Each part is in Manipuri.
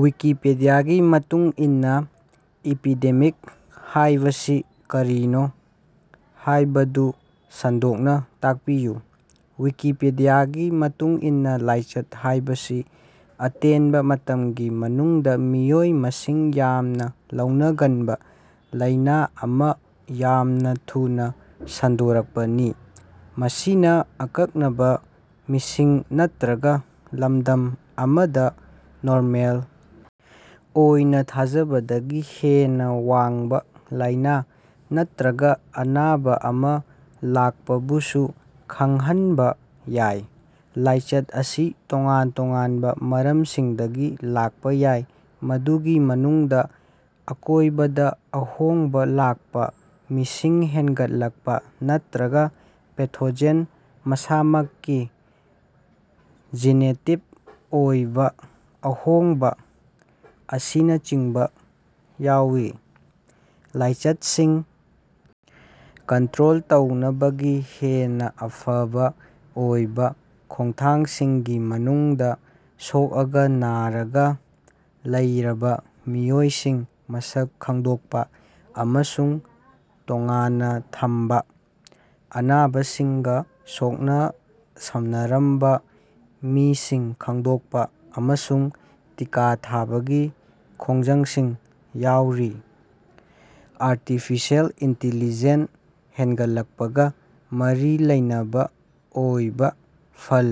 ꯋꯤꯀꯤꯄꯤꯗꯤꯌꯥꯒꯤ ꯃꯇꯨꯡ ꯏꯟꯅ "ꯏꯄꯤꯗꯦꯃꯤꯛ" ꯍꯥꯏꯕꯁꯤ ꯀꯔꯤꯅꯣ ꯍꯥꯏꯕꯗꯨ ꯁꯟꯗꯣꯛꯅꯥ ꯇꯥꯛꯄꯤꯌꯨ꯫ ꯋꯤꯀꯤꯄꯤꯗꯤꯌꯥꯒꯤ ꯃꯇꯨꯡ ꯏꯟꯅ ꯂꯥꯏꯆꯠ ꯍꯥꯢꯕꯁꯤ ꯑꯇꯦꯟꯕ ꯃꯇꯝꯒꯤ ꯃꯅꯨꯡꯗ ꯃꯤꯑꯣꯏ ꯃꯁꯤꯡ ꯌꯥꯝꯅ ꯂꯧꯅꯒꯟꯕ ꯂꯥꯢꯅ ꯑꯃ ꯌꯥꯝꯅ ꯊꯨꯅꯥ ꯁꯟꯗꯣꯔꯛꯄꯅꯤ꯫ ꯃꯁꯤꯅ ꯑꯀꯛꯅꯕ ꯃꯤꯁꯤꯡ ꯅꯠꯇ꯭ꯔꯒ ꯂꯝꯗꯝ ꯑꯃꯗ ꯅꯣꯔꯃꯦꯜ ꯑꯣꯏꯅ ꯊꯥꯖꯕꯗꯒꯤ ꯍꯦꯟꯅ ꯋꯥꯡꯕ ꯂꯥꯢꯅ ꯅꯠꯇ꯭ꯔꯒ ꯑꯅꯥꯕ ꯑꯃ ꯂꯥꯛꯄꯕꯨꯁꯨ ꯈꯪꯍꯟꯕ ꯌꯥꯏ꯫ ꯂꯥꯏꯆꯠ ꯑꯁꯤ ꯇꯣꯉꯥꯟ-ꯇꯣꯉꯥꯟꯕ ꯃꯔꯝꯁꯤꯡꯗꯒꯤ ꯂꯥꯛꯄꯥ ꯌꯥꯏ ꯃꯗꯨꯒꯤ ꯃꯅꯨꯡꯗ ꯑꯀꯣꯏꯕꯗ ꯑꯍꯣꯡꯕꯥ ꯂꯥꯛꯄ ꯃꯤꯁꯤꯡ ꯍꯦꯟꯒꯠꯂꯛꯄ ꯅꯠꯇ꯭ꯔꯒ ꯄꯦꯊꯣꯖꯦꯟ ꯃꯁꯥꯃꯛꯀꯤ ꯖꯤꯅꯦꯇꯤꯛ ꯑꯣꯏꯕ ꯑꯍꯣꯡꯕ ꯑꯁꯤꯅꯆꯤꯡꯕ ꯌꯥꯎꯏ꯫ ꯂꯥꯏꯆꯠꯁꯤꯡ ꯀꯟꯇ꯭ꯔꯣꯜ ꯇꯧꯅꯕꯒꯤ ꯍꯦꯟꯅ ꯑꯐꯕ ꯑꯣꯏꯕ ꯈꯣꯡꯊꯥꯡꯁꯤꯡꯒꯤ ꯃꯅꯨꯡꯗ ꯁꯣꯛꯑꯒ ꯅꯔꯒ ꯂꯩꯔꯕ ꯃꯤꯑꯣꯏꯁꯤꯡ ꯃꯁꯛ ꯈꯪꯗꯣꯛꯄ ꯑꯃꯁꯨꯡ ꯇꯣꯉꯥꯟꯅ ꯊꯝꯕ, ꯑꯅꯥꯕꯁꯤꯡꯒ ꯁꯣꯛꯅ ꯁꯝꯅꯔꯝꯕ ꯃꯤꯁꯤꯡ ꯈꯪꯗꯣꯛꯄ ꯑꯃꯁꯨꯡ ꯇꯤꯀꯥ ꯊꯥꯕꯒꯤ ꯈꯣꯡꯖꯪꯁꯤꯡ ꯌꯥꯎꯔꯤ꯫ ꯑꯥꯔꯇꯤꯐꯤꯁꯤꯑꯦꯜ ꯏꯟꯇꯤꯂꯤꯖꯦꯟꯁ ꯍꯦꯟꯒꯠꯂꯛꯄꯒ ꯃꯔꯤ ꯂꯩꯅꯕ ꯑꯣꯏꯕꯥ ꯐꯜ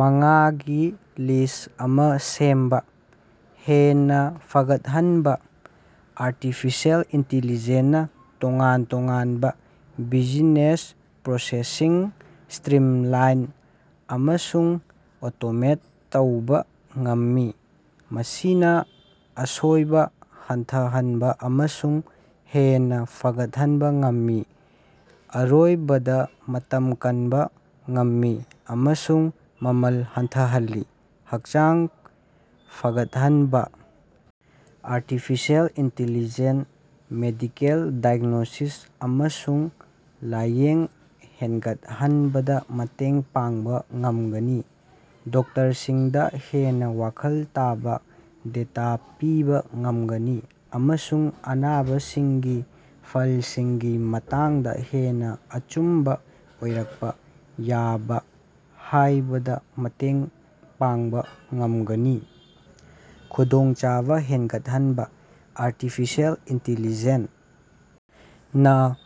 ꯃꯉꯥꯒꯤ ꯂꯤꯁ꯭ꯠ ꯑꯃꯥ ꯁꯦꯝꯕꯥ꯫ ꯍꯦꯟꯅ ꯐꯒꯠꯍꯟꯕꯥ: ꯑꯥꯔꯇꯤꯐꯤꯁꯤꯑꯦꯜ ꯏꯟꯇꯤꯂꯤꯖꯦꯟꯁꯅ ꯇꯣꯉꯥꯟ ꯇꯣꯉꯥꯟꯕ ꯕꯤꯖꯤꯅꯦꯁ ꯄ꯭ꯔꯣꯁꯦꯁꯁꯤꯡ ꯁꯇ꯭ꯔꯤꯝꯂꯥꯏꯟ ꯑꯃꯁꯨꯡ ꯑꯣꯇꯣꯃꯦꯠ ꯇꯧꯕꯥ ꯉꯝꯃꯤ ꯃꯁꯤꯅ ꯑꯁꯣꯏꯕ ꯍꯟꯊꯍꯟꯕ ꯑꯃꯁꯨꯡ ꯍꯦꯟꯅ ꯐꯒꯠꯍꯟꯕ ꯉꯝꯃꯤ ꯑꯔꯣꯏꯕꯗ ꯃꯇꯝ ꯀꯟꯕ ꯉꯝꯃꯤ ꯑꯃꯁꯨꯡ ꯃꯃꯜ ꯍꯟꯊꯍꯜꯂꯤ꯫ ꯍꯛꯆꯥꯡ ꯐꯒꯠꯍꯟꯕꯥ: ꯑꯥꯔꯇꯤꯐꯤꯁꯤꯑꯦꯜ ꯏꯟꯇꯤꯂꯤꯖꯦꯟꯁ ꯃꯦꯗꯤꯀꯦꯜ ꯗꯥꯏꯒ꯭ꯅꯣꯁꯤꯁ ꯑꯃꯁꯨꯡ ꯂꯥꯌꯦꯡ ꯍꯦꯟꯒꯠꯍꯟꯕꯗ ꯃꯇꯦꯡ ꯄꯥꯡꯕ ꯉꯝꯒꯅꯤ ꯗꯣꯛꯇꯔꯁꯤꯡꯗ ꯍꯦꯟꯅ ꯋꯥꯈꯜ ꯇꯥꯕ ꯗꯦꯇꯥ ꯄꯤꯕꯥ ꯉꯝꯒꯅꯤ ꯑꯃꯁꯨꯡ ꯑꯅꯥꯕꯁꯤꯡꯒꯤ ꯐꯜꯁꯤꯡꯒꯤ ꯃꯇꯥꯡꯗ ꯍꯦꯟꯅ ꯑꯆꯨꯝꯕ ꯑꯣꯏꯔꯛꯄ ꯌꯥꯕ ꯍꯥꯏꯕꯗ ꯃꯇꯦꯡ ꯄꯥꯡꯕ ꯉꯝꯒꯅꯤ꯫ ꯈꯨꯗꯣꯡꯆꯥꯕ ꯍꯦꯟꯒꯠꯍꯟꯕ: ꯑꯥꯔꯇꯤꯐꯤꯁꯤꯑꯦꯜ ꯏꯟꯇꯤꯂꯤꯖꯦꯟꯁ ꯅ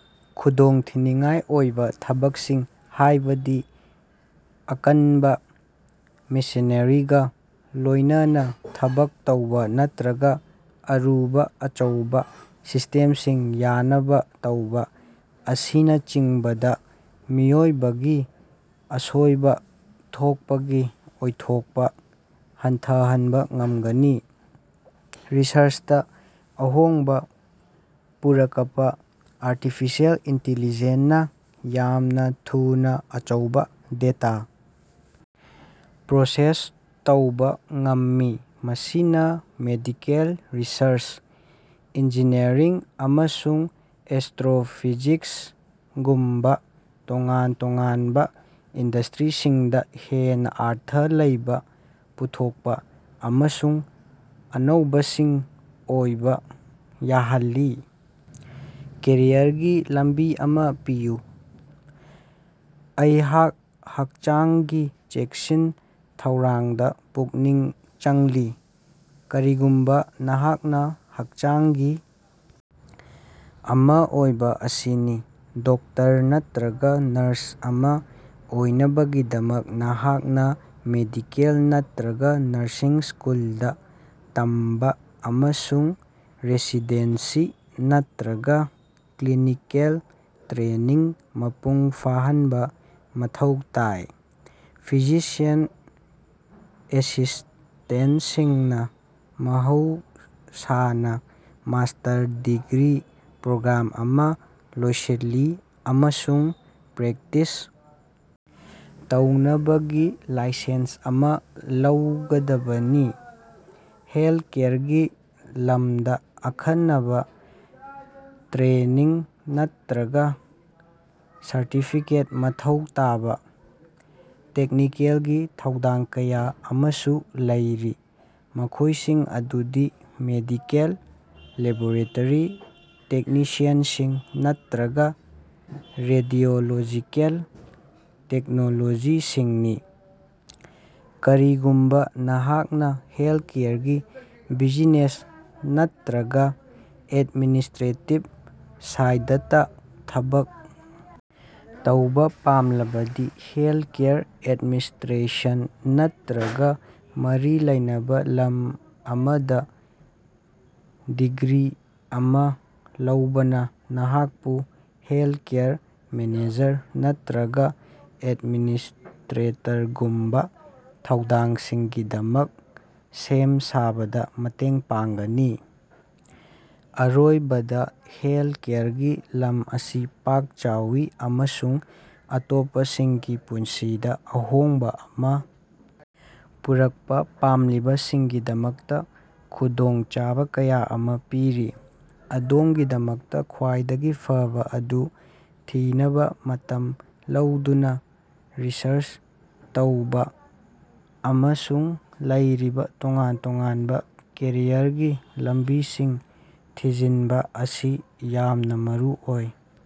ꯈꯨꯗꯣꯡꯊꯤꯅꯤꯡꯉꯥꯏ ꯑꯣꯏꯕ ꯊꯕꯛꯁꯤꯡ ꯍꯥꯢꯕꯗꯤ ꯑꯀꯟꯕ ꯃꯦꯁꯤꯅꯔꯤꯒ ꯂꯣꯢꯅꯅ ꯊꯕꯛ ꯇꯧꯕ ꯅꯠꯇ꯭ꯔꯒ ꯑꯔꯨꯕ ꯑꯆꯧꯕꯥ ꯁꯤꯁꯇꯦꯝꯁꯤꯡ ꯌꯥꯅꯕ ꯇꯧꯕ ꯑꯁꯤꯅꯆꯤꯡꯕꯗ ꯃꯤꯑꯣꯏꯕꯒꯤ ꯑꯁꯣꯏꯕ ꯊꯣꯛꯄꯒꯤ ꯑꯣꯏꯊꯣꯛꯄ ꯍꯟꯊꯍꯟꯕ ꯉꯝꯒꯅꯤ꯫ ꯔꯤꯁꯔꯆꯇꯥ ꯑꯍꯣꯡꯕꯥ ꯄꯨꯔꯀꯄꯥ: ꯑꯥꯔꯇꯤꯐꯤꯁꯤꯑꯦꯜ ꯏꯟꯇꯤꯂꯤꯖꯦꯟꯁ ꯅꯥ ꯌꯥꯝꯅ ꯊꯨꯅꯥ ꯑꯆꯧꯕꯥ ꯗꯦꯇꯥ ꯄ꯭ꯔꯣꯁꯦꯁ ꯇꯧꯕꯥ ꯉꯝꯃꯤ ꯃꯁꯤꯅ ꯃꯦꯗꯤꯀꯦꯜ ꯔꯤꯁꯔꯆ, ꯏꯟꯖꯤꯅꯤꯌꯔꯤꯡ ꯑꯃꯁꯨꯡ ꯑꯦꯁꯇ꯭ꯔꯣꯐꯤꯖꯤꯛꯁꯒꯨꯝꯕꯥ ꯇꯣꯉꯥꯟ ꯇꯣꯉꯥꯟꯕ ꯏꯟꯗꯁꯇ꯭ꯔꯤꯁꯤꯡꯗ ꯍꯦꯟꯅ ꯑꯔꯊ ꯂꯩꯕ ꯄꯨꯊꯣꯛꯄ ꯑꯃꯁꯨꯡ ꯑꯅꯧꯕꯁꯤꯡ ꯑꯣꯏꯕ ꯌꯥꯍꯜꯂꯤ꯫ ꯀꯦꯔꯤꯌꯔꯒꯤ ꯂꯝꯕꯤ ꯑꯃꯥ ꯄꯤꯌꯨ꯫ ꯑꯩꯍꯥꯛ ꯍꯛꯆꯥꯡꯒꯤ ꯆꯦꯛꯁꯤꯟ ꯊꯧꯔꯥꯡꯗ ꯄꯨꯛꯅꯤꯡ ꯆꯪꯂꯤ꯫ ꯀꯔꯤꯒꯨꯝꯕꯥ ꯅꯍꯥꯛꯅ ꯍꯛꯆꯥꯡꯒꯤ ꯑꯃ ꯑꯣꯏꯕ ꯑꯁꯤꯅꯤ꯫ ꯗꯣꯛꯇꯔ ꯅꯠꯇ꯭ꯔꯒ ꯅꯔꯁ ꯑꯃ ꯑꯣꯏꯅꯕꯒꯤꯗꯃꯛ ꯅꯍꯥꯛꯅ ꯃꯦꯗꯤꯀꯦꯜ ꯅꯠꯇ꯭ꯔꯒ ꯅꯔꯁꯤꯡ ꯁ꯭ꯀꯨꯜꯗ ꯇꯝꯕ ꯑꯃꯁꯨꯡ ꯔꯦꯁꯤꯗꯦꯟꯁꯤ ꯅꯠꯇ꯭ꯔꯒ ꯀ꯭ꯂꯤꯅꯤꯀꯦꯜ ꯇ꯭ꯔꯦꯅꯤꯡ ꯃꯄꯨꯡ ꯐꯥꯍꯟꯕ ꯃꯊꯧ ꯇꯥꯏ꯫ ꯐꯤꯖꯤꯁꯤꯌꯟ ꯑꯦꯁꯤꯁ꯭ꯇꯦꯟꯇꯁꯤꯡꯅ ꯃꯍꯧꯁꯥꯅ ꯃꯥꯁꯇꯔ ꯗꯤꯒ꯭ꯔꯤ ꯄ꯭ꯔꯣꯒ꯭ꯔꯥꯝ ꯑꯃ ꯂꯣꯏꯁꯤꯜꯂꯤ ꯑꯃꯁꯨꯡ ꯄ꯭ꯔꯦꯛꯇꯤꯁ ꯇꯧꯅꯕꯒꯤ ꯂꯥꯏꯁꯦꯟꯁ ꯑꯃꯥ ꯂꯧꯒꯗꯕꯅꯤ꯫ ꯍꯦꯜꯊꯀꯦꯌꯔꯒꯤ ꯂꯝꯗ ꯑꯈꯟꯅꯕ ꯇ꯭ꯔꯦꯅꯤꯡ ꯅꯠꯇ꯭ꯔꯒꯥ ꯁꯔꯇꯤꯐꯤꯀꯦꯠ ꯃꯊꯧ ꯇꯥꯕꯥ ꯇꯦꯛꯅꯤꯀꯦꯜꯒꯤ ꯊꯧꯗꯥꯡ ꯀꯌꯥ ꯑꯃꯁꯨ ꯂꯩꯔꯤ ꯃꯈꯣꯢꯁꯤꯡ ꯑꯗꯨꯗꯤ ꯃꯦꯗꯤꯀꯦꯜ ꯂꯦꯕꯣꯔꯦꯇꯔꯤ ꯇꯦꯛꯅꯤꯁꯤꯌꯟꯁꯤꯡ ꯅꯠꯇ꯭ꯔꯒꯥ ꯔꯦꯗꯤꯑꯣꯂꯣꯖꯤꯀꯦꯜ ꯇꯦꯛꯅꯣꯂꯣꯖꯤꯁꯁꯤꯡꯅꯤ꯫ ꯀꯔꯤꯒꯨꯝꯕꯥ ꯅꯍꯥꯛꯅ ꯍꯦꯜꯊꯀꯦꯌꯔꯒꯤ ꯕꯤꯖꯤꯅꯦꯁ ꯅꯠꯇ꯭ꯔꯒꯥ ꯑꯦꯗꯃꯤꯅꯤꯁꯇ꯭ꯔꯦꯇꯤꯕ ꯁꯥꯏꯗꯇꯥ ꯊꯕꯛ ꯇꯧꯕꯥ ꯄꯥꯝꯂꯕꯗꯤ ꯍꯦꯜꯊꯀꯦꯌꯔ ꯑꯦꯗꯃꯤꯅꯤꯁꯇ꯭ꯔꯦꯁꯟ ꯅꯠꯇ꯭ꯔꯒ ꯃꯔꯤ ꯂꯩꯅꯕ ꯂꯝ ꯑꯃꯗ ꯗꯤꯒ꯭ꯔꯤ ꯑꯃꯥ ꯂꯧꯕꯅ ꯅꯍꯥꯛꯄꯨ ꯍꯦꯜꯊꯀꯦꯌꯔ ꯃꯦꯅꯦꯖꯔ ꯅꯠꯇ꯭ꯔꯒꯥ ꯑꯦꯗꯃꯤꯅꯤꯁꯇ꯭ꯔꯦꯇꯔꯒꯨꯝꯕ ꯊꯧꯗꯥꯡꯁꯤꯡꯒꯤꯗꯃꯛ ꯁꯦꯝ ꯁꯥꯕꯗ ꯃꯇꯦꯡ ꯄꯥꯡꯒꯅꯤ꯫ ꯑꯔꯣꯏꯕꯗ ꯍꯦꯜꯊꯀꯦꯌꯔꯒꯤ ꯂꯝ ꯑꯁꯤ ꯄꯥꯛ ꯆꯥꯎꯏ ꯑꯃꯁꯨꯡ ꯑꯇꯣꯞꯄꯁꯤꯡꯒꯤ ꯄꯨꯟꯁꯤꯗ ꯑꯍꯣꯡꯕ ꯑꯃ ꯄꯨꯔꯛꯄ ꯄꯥꯝꯂꯤꯕꯁꯤꯡꯒꯤꯗꯃꯛꯇ ꯈꯨꯗꯣꯡꯆꯥꯕ ꯀꯌꯥ ꯑꯃ ꯄꯤꯔꯤ꯫ ꯑꯗꯣꯝꯒꯤꯗꯃꯛꯇ ꯈ꯭ꯋꯥꯏꯗꯒꯤ ꯐꯕꯥ ꯑꯗꯨ ꯊꯤꯅꯕ ꯃꯇꯝ ꯂꯧꯗꯨꯅꯥ ꯔꯤꯁꯔꯆ ꯇꯧꯕꯥ ꯑꯃꯁꯨꯡ ꯂꯩꯔꯤꯕꯥ ꯇꯣꯉꯥꯟ ꯇꯣꯉꯥꯟꯕ ꯀꯦꯔꯤꯌꯔꯒꯤ ꯂꯝꯕꯤꯁꯤꯡ ꯊꯤꯖꯤꯟꯕ ꯑꯁꯤ ꯌꯥꯝꯅ ꯃꯔꯨꯑꯣꯏ꯫